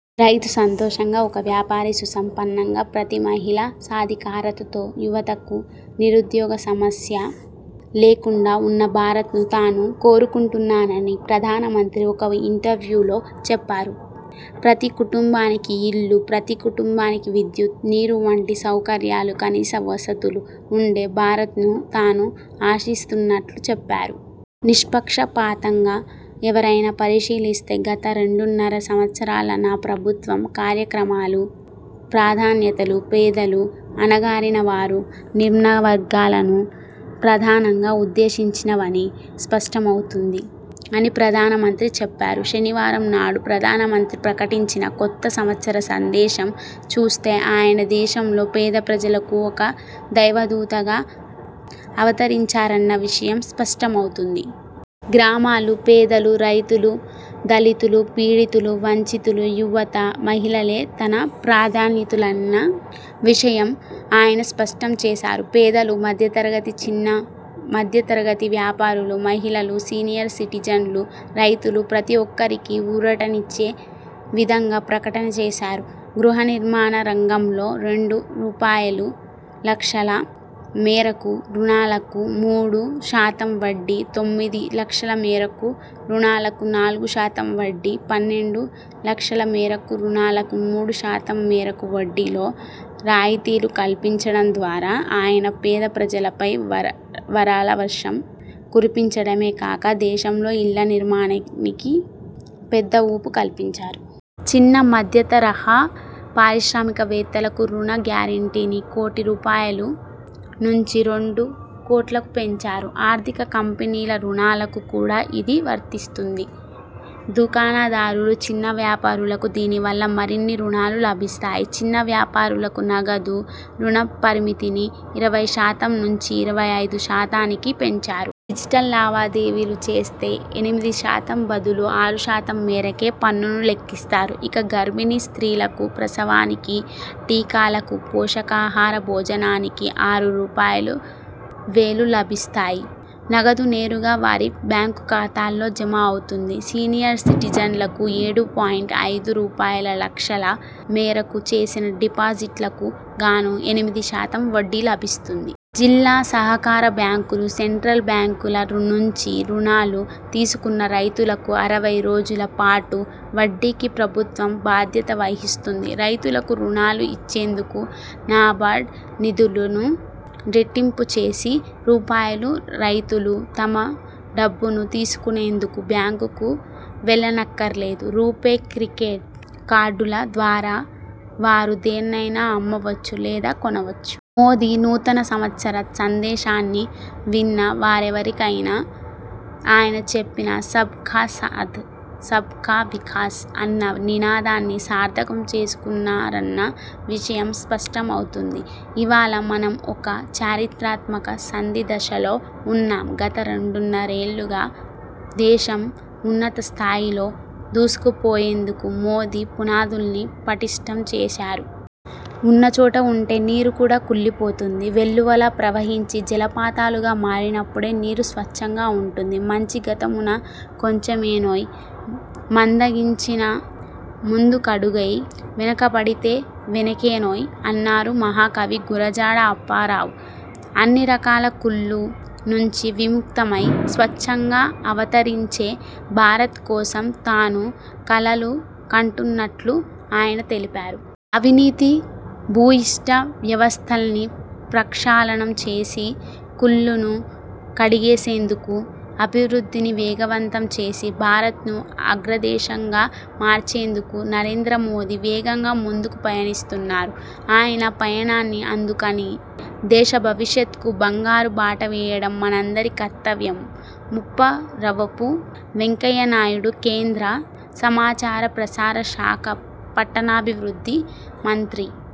రైతు సంతోషంగా, ఒక వ్యాపారి సుసంపన్నంగా, ప్రతి మహిళా సాధికారికతతో, యువతకు నిరుద్యోగ సమస్య లేకుండా ఉన్న భారత్ను తాను కోరుకుంటున్నానని ప్రధానమంత్రి ఒక ఇంటర్వ్యూలో చెప్పారు. ప్రతి కుటుంబానికీ ఇల్లు, ప్రతి కుటుంబానికి విద్యుత్, నీరు వంటి సౌకర్యాలు, కనీస వసతులు ఉండే భారత్ను తాను ఆశిస్తున్నట్లు చెప్పారు. 'నిష్పక్ష పాతంగా ఎవరైనా పరిశీలిస్తే గత రెండున్నర సంవత్సరాల నా ప్రభుత్వం కార్యక్రమాలూ, ప్రాధాన్యతలూ పేదలు, అణగారిన వారు, నిమ్నవర్గాలను ప్రధానంగా ఉద్దేశించినవని స్పష్టమవుతుంది' అని ప్రధానమంత్రి చెప్పారు. శనివారం నాడు ప్రధానమంత్రి ప్రకటించిన కొత్త సంవత్సర సందేశం చూస్తే ఆయన దేశంలో పేద ప్రజలకు ఒక దైవదూతగా అవతరించారన్న విషయం స్పష్టమవుతుంది. గ్రామాలు, పేదలు, రైతులు, దళితులు, పీడితులు, వంచితులు, యువత, మహిళలే తన ప్రాధాన్యతలన్న విషయం ఆయన స్పష్టంచేశారు. పేదలు, మధ్యతరగతి, చిన్న, మధ్యతరగతి వ్యాపారులు, మహిళలు, సీనియర్ సిటిజన్లు, రైతులు ప్రతిఒక్కరికీ ఊరటనిచ్చే విధంగా ప్రకటన చేశారు. గృహ నిర్మాణ రంగంలో రెండు రూపాయలులక్షల మేరకు రుణాలకు మూడు శాతం వడ్డీ, తొమ్మిది లక్షల మేరకు రుణాలకు నాలుగు శాతం వడ్డీ, పన్నెండు లక్షల మేరకు రుణాలకు మూడు శాతం మేరకు వడ్డీలో రాయితీలు కల్పించడం ద్వారా ఆయన పేద ప్రజలపై వర వరాల వర్షం కురిపించడమే కాక దేశంలో ఇళ్ల నిర్మాణానికి పెద్ద ఊపు కల్పించారు. చిన్న మధ్యతరహా పారిశ్రామికవేత్తలకు రుణ గ్యారంటీని కోటి రూపాయలు నుంచి రెండు కోట్లకు పెంచారు. ఆర్థిక కంపెనీల రుణాలకు కూడా ఇది వర్తిస్తుంది. దుకాణదారులు, చిన్న వ్యాపారులకు దీనివల్ల మరిన్ని రుణాలు లభిస్తాయి. చిన్న వ్యాపారులకు నగదు రుణ పరిమితిని ఇరవై శాతం నుంచి, ఇరవై ఐదు శాతానికి పెంచారు. డిజిటల్ లావాదేవీలు చేస్తే ఎనిమిది శాతం బదులు ఆరు శాతం మేరకే పన్నును లెక్కిస్తారు. ఇక గర్భిణీ స్త్రీలకు ప్రసవానికి, టీకాలకు, పోషకాహార భోజనానికి ఆరు రూపాయలువేలు లభిస్తాయి. నగదు నేరుగా వారి బ్యాంకు ఖాతాల్లో జమ అవుతుంది. సీనియర్ సిటిజన్లకు ఏడు పాయింట్ ఐదు రూపాయలు లక్షల మేరకు చేసిన డిపాజిట్లకు గాను ఎనిమిది శాతం వడ్డీ లభిస్తుంది. జిల్లా సహకార బ్యాంకులు, సెంట్రల్ బ్యాంకుల నుంచి రుణాలు తీసుకున్న రైతులకు అరవై రోజుల పాటు వడ్డీకి ప్రభుత్వం బాధ్యత వహిస్తుంది. రైతులకు రుణాలు ఇచ్చేందుకు నాబార్డ్ నిధులను రెట్టింపు చేసి రూపాయలు, రైతులు తమ డబ్బును తీసుకునేందుకు బ్యాంకుకు వెళ్లనక్కర్లేదు. రూపే క్రెడిట్ కార్డుల ద్వారా వారు దేన్నైనా అమ్మవచ్చు లేదా కొనవచ్చు. మోదీ నూతన సంవత్సర సందేశాన్ని విన్న వారెవరికైనా ఆయన చెప్పిన సబ్ కా సాథ్, సబ్ కా వికాస్ అన్న నినాదాన్ని సార్థకం చేస్తున్నారన్న విషయం స్పష్టమవుతుంది. ఇవాళ మనం ఒక చారిత్రాత్మక సంధి దశలో ఉన్నాం. గత రెండున్నరేళ్లుగా దేశం, ఉన్నత స్థాయిలో దూసుకుపోయేందుకు మోదీ పునాదుల్ని పటిష్ఠం చేశారు. ఉన్న చోట ఉంటే నీరు కూడా కుళ్లిపోతుంది. వెల్లువలా ప్రవహించి, జలపాతాలుగా మారినప్పుడే నీరు స్వచ్ఛంగా ఉంటుంది. 'మంచి గతమున కొంచెమేనోయ్, మందగించక ముందు అడుగేయ్, వెనుకపడితే వెనుకేనోయ్' అన్నారు మహాకవి గురజాడ అప్పారావు. అన్ని రకాల కుళ్లు నుంచి విముక్తమై స్వచ్ఛంగా అవతరించే భారత్ కోసం తాను కలలు కంటున్నట్లు ఆయన తెలిపారు. అవినీతి భూయిష్ట వ్యవస్థల్ని ప్రక్షాళనం చేసి కుళ్లును కడిగేసేందుకు, అభివృద్ధిని వేగవంతం చేసి భారత్ను అగ్రదేశంగా మార్చేందుకు నరేంద్ర మోదీ వేగంగా ముందుకు పయనిస్తున్నారు. ఆయన పయనాన్ని అందుకుని దేశ భవిష్యత్కు బంగారు బాట వేయడం మనందరి కర్తవ్యం, ముప్ప రవపు వెంకయ్యనాయుడు కేంద్ర సమాచార ప్రసార శాఖ, పట్టణాభివృద్ధి మంత్రి.